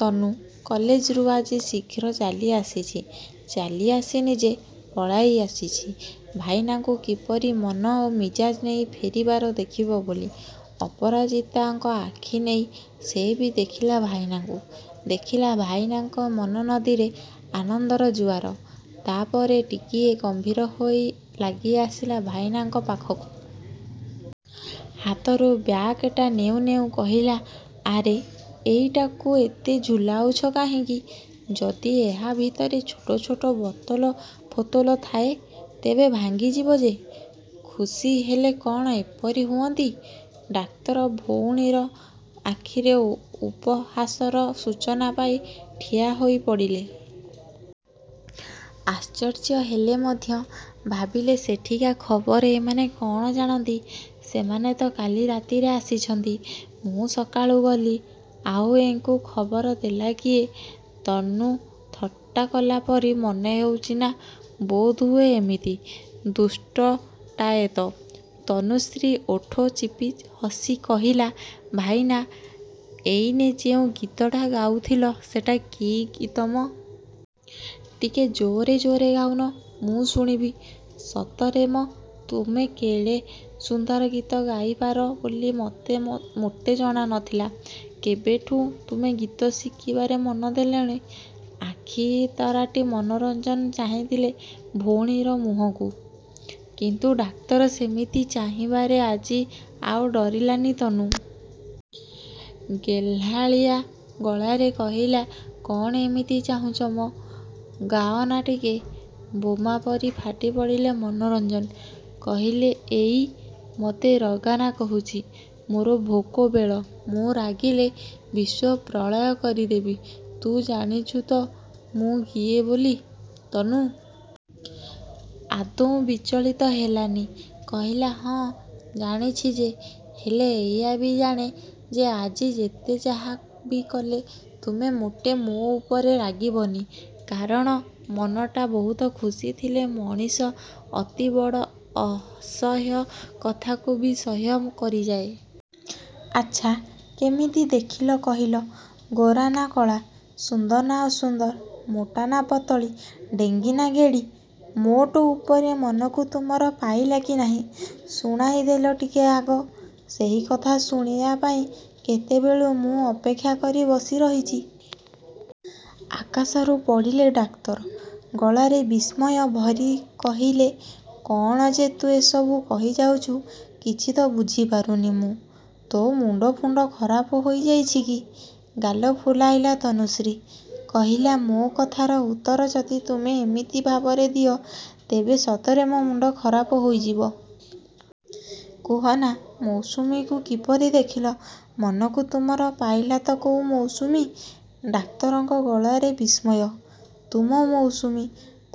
ତନୁ କଲେଜରୁ ଆଜି ଶୀଘ୍ର ଚାଲିଆସିଛି। ଚାଲି ଆସିନି ଯେ, ପଳାଇ ଆସିଛି ଭାଇନାକୁ କିପରି ମନ ଓ ମିଜାଜ ନେଇ ଫେରିବାର ଦେଖିବ ବୋଲି। ଅପରାଜିତାଙ୍କ ଆଖି ନେଇ ସେ ବି ଦେଖିଲା ଭାଇନାଙ୍କୁ। ଦେଖିଲା ଭାଇନାଙ୍କ ମନନଦୀରେ ଆନନ୍ଦର ଜୁଆର। ତାପରେ, ଟିକିଏ ଗମ୍ଭୀର ହୋଇ ଲାଗିଆସିଲା ଭାଇନାଙ୍କ ପାଖକୁ। ହାତରୁ ବ୍ୟାଗଟା ନେଉ ନେଉ କହିଲା ଆରେ ଏଇଟାକୁ ଏତେ ଝୁଲାଉଛ କାହିଁକି? ଯଦି ଏହା ଭିତରେ ଛୋଟ ଛୋଟ ବୋତଲ ଫୋତଲ ଥାଏ, ତେବେ ଭାଙ୍ଗିଯିବ ଯେ। ଖୁସି ହେଲେ କ'ଣ ଏପରି ହୁଅନ୍ତି? ଡାକ୍ତର ଭଉଣୀର ଆଖିରେ ଉ ଉପହାସର ସୂଚନା ପାଇ ଠିଆ ହୋଇପଡ଼ିଲେ। ଆଶ୍ଚର୍ଯ୍ୟ ହେଲେ ମଧ୍ୟ। ଭାବିଲେ ସେଠିକା ଖବର ଏମାନେ କ'ଣ ଜାଣନ୍ତି ସେମାନେ ତ କାଲି ରାତିରେ ଆସିଛନ୍ତି। ମୁଁ ସକାଳୁ ଗଲି, ଆଉ ଏଙ୍କୁ ଖବର ଦେଲା କିଏ ତନୁ ଥଟ୍ଟା କଲା ପରି ମନେହେଉଛି ନା, ବୋଧହୁଏ ଏମିତି। ଦୁଷ୍ଟଟାଏ ତ ତନୁଶ୍ରୀ ଓଠ ଚିପି ହସି କହିଲା ଭାଇନା, ଏଇନେ ଯେଉଁ ଗୀତଟା ଗାଉଥିଲ, ସେଟା କି ଗୀତ ମ? ଟିକେ ଜୋରେ ଜୋରେ ଗାଉନ। ମୁଁ ଶୁଣିବି। ସତରେ ମ ତୁମେ କେଡ଼େ ସୁନ୍ଦର ଗୀତ ଗାଇପାର ବୋଲି ମୋତେ ମ ମୋଟେ ଜଣାନଥିଲା। କେବେଠୁଁ ତୁମେ ଗୀତ ଶିଖିବାରେ ମନଦେଲଣି? ଆଖି ତରାଟି ମନୋରଞ୍ଜନ ଚାହିଁଥିଲେ ଭଉଣୀର ମୁହଁକୁ। କିନ୍ତୁ ଡାକ୍ତର ସେମିତି ଚାହିଁବାରେ ଆଜି ଆଉ ଡରିଲାନି ତନୁ। ଗେହ୍ଲାଳିଆ ଗଳାରେ କହିଲା କ'ଣ ଏମିତି ଚାହୁଁଛ ମ? ଗାଅନା ଟିକେ। ବୋମା ପରି ଫାଟି ପଡ଼ିଲେ ମନୋରଞ୍ଜନ। କହିଲ ଏଇ, ମୋତେ ରଗାନା କହୁଛି। ମୋର ଭୋକ ବେଳ, ମୁଁ ରାଗିଲେ ବିଶ୍ୱ ପ୍ରଳୟ କରିଦେବି। ତୁ ଜାଣିଛୁ ତ ମୁଁ କିଏ ବୋଲି? ତନୁ ଆଦୌ ବିଚଳିତ ହେଲାନି। କହିଲା ହଁ, ଜାଣିଛି ଯେ, ହେଲେ ଏଇଆ ବି ଜାଣେ ଯେ ଆଜି ଯେତେ ଯାହାବି କଲେ ତୁମେ ମୋଟେ ମୋ ଉପରେ ରାଗିବନି। କାରଣ, ମନଟା ବହୁତ ଖୁସିଥିଲେ ମଣିଷ ଅତି ବଡ଼ ଅସହ୍ୟ କଥାକୁ ବି ସହ୍ୟ କରିଯାଏ। ଆଚ୍ଛା, କେମିତି ଦେଖିଲ କହିଲ? ଗୋରା ନା କଳା, ସୁନ୍ଦର ନା ଅସୁନ୍ଦର, ମୋଟା ନା ପାତଳୀ, ଡେଙ୍ଗୀ ନା ଗେଡ଼ୀ? ମୋଟ ଉପରେ ମନକୁ ତୁମର ପାଇଲା କି ନାହିଁ, ଶୁଣାଇଦେଲ ଟିକେ ଆଗ। ସେହି କଥା ଶୁଣିବା ପାଇଁ କେତେବେଳୁ ମୁଁ ଅପେକ୍ଷା କରି ବସି ରହିଛି। ଆକାଶରୁ ପଡ଼ିଲେ ଡାକ୍ତର। ଗଳାରେ ବିସ୍ମୟ ଭରି କହିଲେ କ'ଣ ଯେ ତୁ ଏସବୁ କହିଯାଉଛୁ, କିଛି ତ ବୁଝିପାରୁନି ମୁଁ। ତୋ ମୁଣ୍ଡ ଫୁଣ୍ଡ ଖରାପ ହୋଇଯାଇଛି କି? ଗାଲ ଫୁଲାଇଲା ତନୁଶ୍ରୀ। କହିଲା ମୋ କଥାର ଉତ୍ତର ଯଦି ତୁମେ ଏମିତି ଭାବରେ ଦିଅ, ତେବେ ସତରେ ମୋ ମୁଣ୍ଡ ଖରାପ ହୋଇଯିବ। କୁହନା, ମୌସୁମୀକୁ କିପରି ଦେଖିଲ? ମନକୁ ତୁମର ପାଇଲା ତ କୋଉ ମୌସୁମୀ? ଡାକ୍ତରଙ୍କ ଗଳାରେ ବିସ୍ମୟ। ତୁମ ମୌସୁମୀ।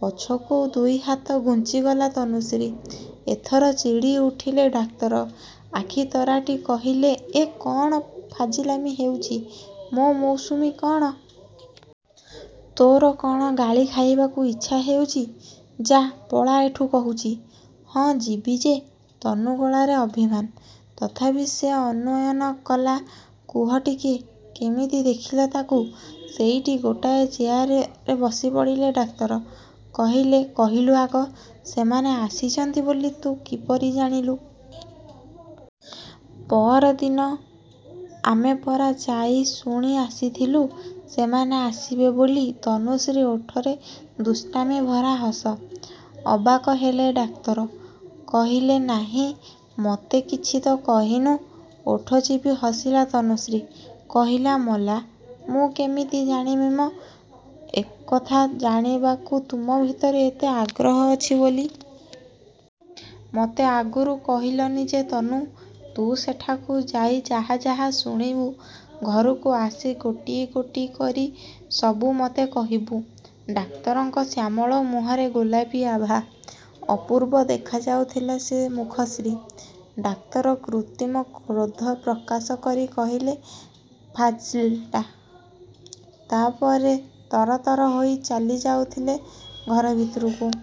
ପଛକୁ ଦୁଇହାତ ଘୁଞ୍ଚିଗଲା ତନୁଶ୍ରୀ। ଏଥର ଚିଡ଼ି ଉଠିଲେ ଡାକ୍ତର। ଆଖି ତରାଟି କହିଲେ ଏ, କ'ଣ ଫାଜିଲାମି ହେଉଛି? ମୋ ମୌସୁମୀ କ'ଣ? ତୋର କ'ଣ ଗାଳି ଖାଇବାକୁ ଇଚ୍ଛା ହଉଛି? ଯା, ପଳା ଏଠୁ କହୁଛି। ହଁ ଯିବି ଯେ ତନୁ ଗଳାରେ ଅଭିମାନ। ତଥାପି ସେ ଅନୁନୟ କଲା, କୁହ ଟିକିଏ, କେମିତି ଦେଖିଲ ତାକୁ। ସେଇଠି ଗୋଟାଏ ଚେୟାରରେ ବସିପଡ଼ିଲେ ଡାକ୍ତର। କହିଲେ, କହିଲୁ ଆଗ, ସେମାନେ ଆସିଛନ୍ତି ବୋଲି ତୁ କିପରି ଜାଣିଲୁ? ପଅରଦିନ ଆମେ ପରା ଯାଇ ଶୁଣି ଆସିଥିଲୁ ସେମାନେ ଆସିବେ ବୋଲି। ତନୁଶ୍ରୀ ଓଠରେ ଦୁଷ୍ଟାମି ଭରା ହସ। ଅବାକ ହେଲେ ଡାକ୍ତର। କହିଲେ କାହିଁ, ମୋତେ କିଛି ତ କହିନୁ? ଓଠ ଚିପି ହସିଲା ତନୁଶ୍ରୀ। କହିଲା ମଲା, ମୁଁ କିମିତି ଜାଣିବି ମ, ଏକଥା ଜାଣିବାକୁ ତୁମ ଭିତରେ ଏତେ ଆଗ୍ରହ ଅଛି ବୋଲି। ମୋତେ ଆଗରୁ କହିଲନି ଯେ 'ତନୁ, ତୁ ସେଠାକୁ ଯାଇ ଯାହା ଯାହା ଶୁଣିବୁ, ଘରକୁ ଆସି ଗୋଟି ଗୋଟି କରି ସବୁ ମୋତେ କହିବୁ। ଡାକ୍ତରଙ୍କ ଶ୍ୟାମଳ ମୁହଁରେ ଗୋଲାପି ଆଭା। ଅପୂର୍ବ ଦେଖାଯାଉଥିଲା ସେ ମୁଖଶ୍ରୀ। ଡାକ୍ତର କୃତ୍ରିମ କ୍ରୋଧ ପ୍ରକାଶ କରି କହିଲେ ଫାଜିଲ୍ଟା। ତା'ପରେ ତରତର ହୋଇ ଚାଲିଯାଉଥିଲେ ଘର ଭିତରକୁ।